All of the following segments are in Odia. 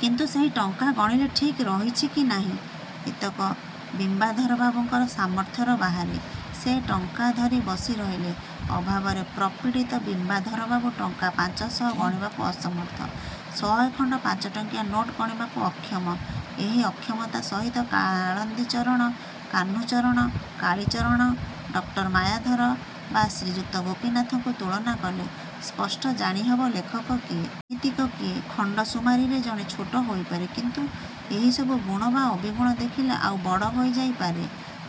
କିନ୍ତୁ ସେହି ଟଙ୍କା ଗଣିଲେ ଠିକ୍ ରହିଛି କି ନାହିଁ-ଏତକ ବିମ୍ବାଧରବାବୁଙ୍କର ସାମର୍ଥ୍ୟର ବାହାରେ। ସେ ଟଙ୍କା। ଧରି ବସି ରହିଲେ। ଅଭାବରେ ପ୍ରପୀଡ଼ିତ ବିମ୍ବାଧରବାବୁ ଟଙ୍କା ପାଞ୍ଚଶହ ଗଣିବାକୁ ଅସମର୍ଥ। ଶହେ ଖଣ୍ଡ ପାଞ୍ଚଟଙ୍କିଆ ନୋଟ୍ ଗଣିବାକୁ ଅକ୍ଷମ। ଏହି ଅକ୍ଷମତା ସହିତ କାଳିନ୍ଦୀଚରଣ, କାହ୍ନୁଚରଣ, କାଳିଚରଣ, ଡକ୍ଟର ମାୟାଧର ବା ଶ୍ରୀଯୁକ୍ତ ଗୋପୀନାଥଙ୍କୁ ତୁଳନା କଲେ ସ୍ପଷ୍ଟ ଜାଣିହବ ଲେଖକ କିଏ? ସାହିତ୍ୟିକ କିଏ? ଖଣ୍ଡ ସୁମାରିରେ ଜଣେ ଛୋଟ ହୋଇପାରେ; କିନ୍ତୁ ଏହି ସବୁ ଗୁଣ ବା ଅବିଗୁଣ ଦେଖିଲେ ଆଉ ବଡ଼ ହୋଇଯାଇ ପାରେ।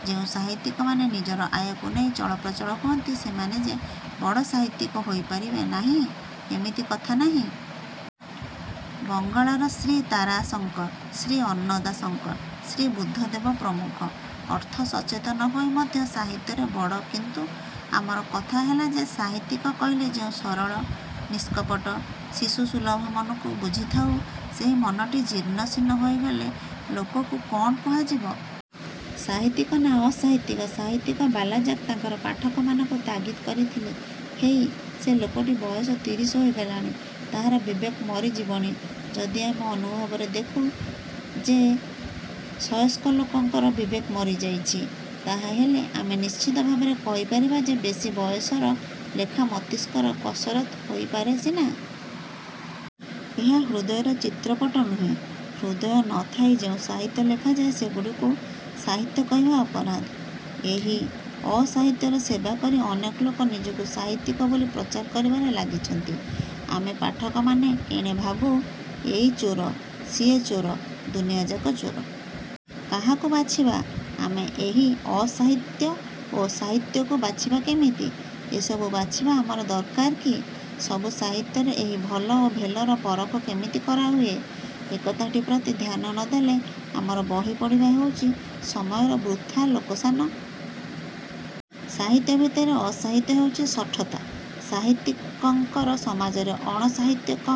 ଯେଉଁ ସାହିତ୍ୟିକମାନେ ନିଜର ଆୟକୁ ନେଇ ଚଳପ୍ରଚଳ ହୁଅନ୍ତି ସେମାନେ ଯେ ବଡ଼ ସାହିତ୍ୟିକ ହୋଇ ପାରିବେ ନାହିଁ-ଏମିତି କଥା ନାହିଁ। ବଙ୍ଗଳାର ଶ୍ରୀ ତାରାଶଙ୍କର, ଶ୍ରୀ ଅନ୍ନଦା ଶଙ୍କର ଓ ଶ୍ରୀ ବୁଦ୍ଧଦେବ ପ୍ରମୁଖ ଅର୍ଥସଚେତନ ହୋଇ ମଧ୍ୟ ସାହିତ୍ୟରେ ବଡ଼। କିନ୍ତୁ ଆମର କଥା ହେଲା ଯେ ସାହିତ୍ୟିକ କହିଲେ ଯେଉଁ ସରଳ, ନିଷ୍କପଟ ଶିଶୁସୁଲଭ ମନକୁ ବୁଝିଥାଉ ସେହି ମନଟି ଜୀର୍ଣ୍ଣଶୀର୍ଣ୍ଣ ହୋଇଗଲେ ଲୋକକୁ କ'ଣ କୁହାଯିବ? -ସାହିତ୍ୟିକ ନା ଅସାହିତ୍ୟିକ। ସାହିତ୍ୟିକ ବାଲାଜାକ୍ ତାଙ୍କର ପାଠକମାନଙ୍କୁ ତାଗିଦ୍ କରିଥିଲେ-ହେଇ, ସେ ଲୋକଟି ବୟସ ତିରିଶି ହୋଇଗଲାଣି। ତାହାର ବିବେକ ମରିଯିବଣି। ଯଦି ଆମେ ଅନୁଭବରେ ଦେଖୁ ଯେ ସୟସ୍କ ଲୋକଙ୍କର ବିବେକ ମରିଯାଇଛି ତାହା ହେଲେ ଆମେ ନିଶ୍ଚିତ ଭାବରେ କହିପାରିବା ଯେ ବେଶି ବୟସର ଲେଖା ମସ୍ତିଷ୍କର କସରତ ହୋଇପାରେ ସିନା। ଏହା ହୃଦୟର ଚିତ୍ରପଟ ନୁହେଁ। ହୃଦୟ ନ ଥାଇ ଯେଉଁ ସାହିତ୍ୟ ଲେଖାଯାଏ ସେଗୁଡ଼ିକ ସାହିତ୍ୟ କହିବା ଅପରାଧ। ଏହି ଅ-ସାହିତ୍ୟର ସେବା କରି ଅନେକ ଲୋକ ନିଜକୁ ସାହିତ୍ୟିକ ବୋଲି ପ୍ରଚାର କରିବାରେ ଲାଗିଛନ୍ତି। ଆମେ ପାଠକମାନେ ଏଣେ ଭାବୁ-ଏଇ ଚୋର, ସିଏ ଚୋର, ଦୁନିଆଯାକ ଚୋର। କାହାକୁ ବାଛିବା? ଆମେ ଏହି ଅ ସାହିତ୍ୟ ଓ ସାହିତ୍ୟକୁ ବାଛିବା କେମିତି? ଏସବୁ ବାଛିବା ଆମର ଦରକାର କି? ସବୁ ସାହିତ୍ୟରେ ଏହି ଭଲ ଓ ଭେଲର ପରଖ କେମିତି କରାହୁଏ? ଏକଥାଟି ପ୍ରତି ଧ୍ୟାନ ନ ଦେଲେ ଆମର ବହି ପଢ଼ିବା ହେଉଛି ସମୟର ବୃଥା ଲୋକସାନ। ସାହିତ୍ୟ ଭିତରେ ଅସାହିତ୍ୟ ହେଉଛି ଶଠତା। ସାହିତ୍ୟିକଙ୍କର ସମାଜରେ ଅଣ-ସାହିତ୍ୟିକ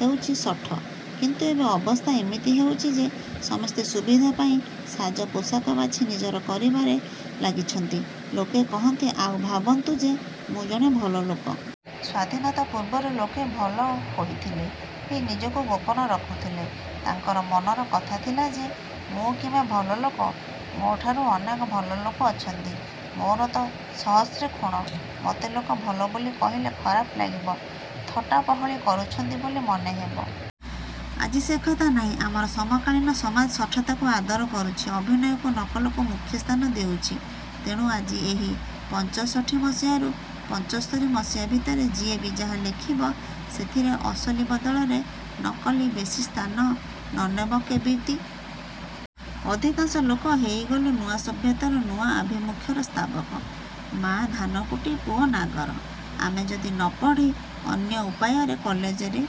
ହେଉଛି ଶଠ। କିନ୍ତୁ ଏବେ ଅବସ୍ଥା ଏମିତି ହେଇଛି ଯେ ସମସ୍ତେ ସୁବିଧା ପାଇଁ ସାଜ ପୋଷାକ ବାଛି ନିଜର କରିବାରେ ଲାଗିଛନ୍ତି-ଲୋକେ କହନ୍ତି ଆଉ ଭାବନ୍ତୁ ଯେ ମୁଁ ଜଣେ ଭଲ ଲୋକ। ସ୍ୱାଧୀନତା ପୂର୍ବରୁ ଲୋକେ ଭଲ ହୋଇଥିଲେ ବି ନିଜକୁ ଗୋପନ ରଖୁଥିଲେ। ତାଙ୍କର ମନର କଥା ଥିଲା ଯେ-ମୁଁ କିବା ଭଲ ଲୋକ? ମୋ' ଠାରୁ ଅନେକ ଭଲ ଲୋକ ଅଛନ୍ତି-। ମୋର ତ ସହସ୍ରେ ଖୁଣ। ମତେ ଲୋକେ ଭଲ ବୋଲି କହିଲେ ଖରାପ ଲାଗିବ-ଥଟ୍ଟା ପହଳି କରୁଛନ୍ତି ବୋଲି ମନେ ହେବ। ଆଜି ସେ କଥା ନାହିଁ। ଆମର ସମକାଳୀନ ସମାଜ୍ ଶଠତାକୁ ଆଦର କରୁଛି-ଅଭିନୟକୁ ନକଲକୁ ମୁଖ୍ୟସ୍ଥାନ ଦେଉଛି। ତେଣୁ ଆଜି ଏହି ପଞ୍ଚଷଠୀ ମସିହାରୁ ପଞ୍ଚସ୍ତରୀ ମସିହା ଭିତରେ ଯିଏ ବି ଯାହା ଲେଖିବ ସେଥିରେ ଅସଲି ବଦଳରେ ନକଲି ବେଶି ସ୍ଥାନ ନ ନେବ କେବିତି? ଅଧିକାଂଶ ଲୋକ ହେଇଗଲୁ ନୂଆ ସଭ୍ୟତାର ନୂଆ ଆଭିମୁଖ୍ୟର ସ୍ତାବକ-ମାଆ ଧାନକୁଟି ପୁଅ ନାଗର। ଆମେ ଯଦି ନ ପଢ଼ି ଅନ୍ୟ ଉପାୟରେ କଲେଜର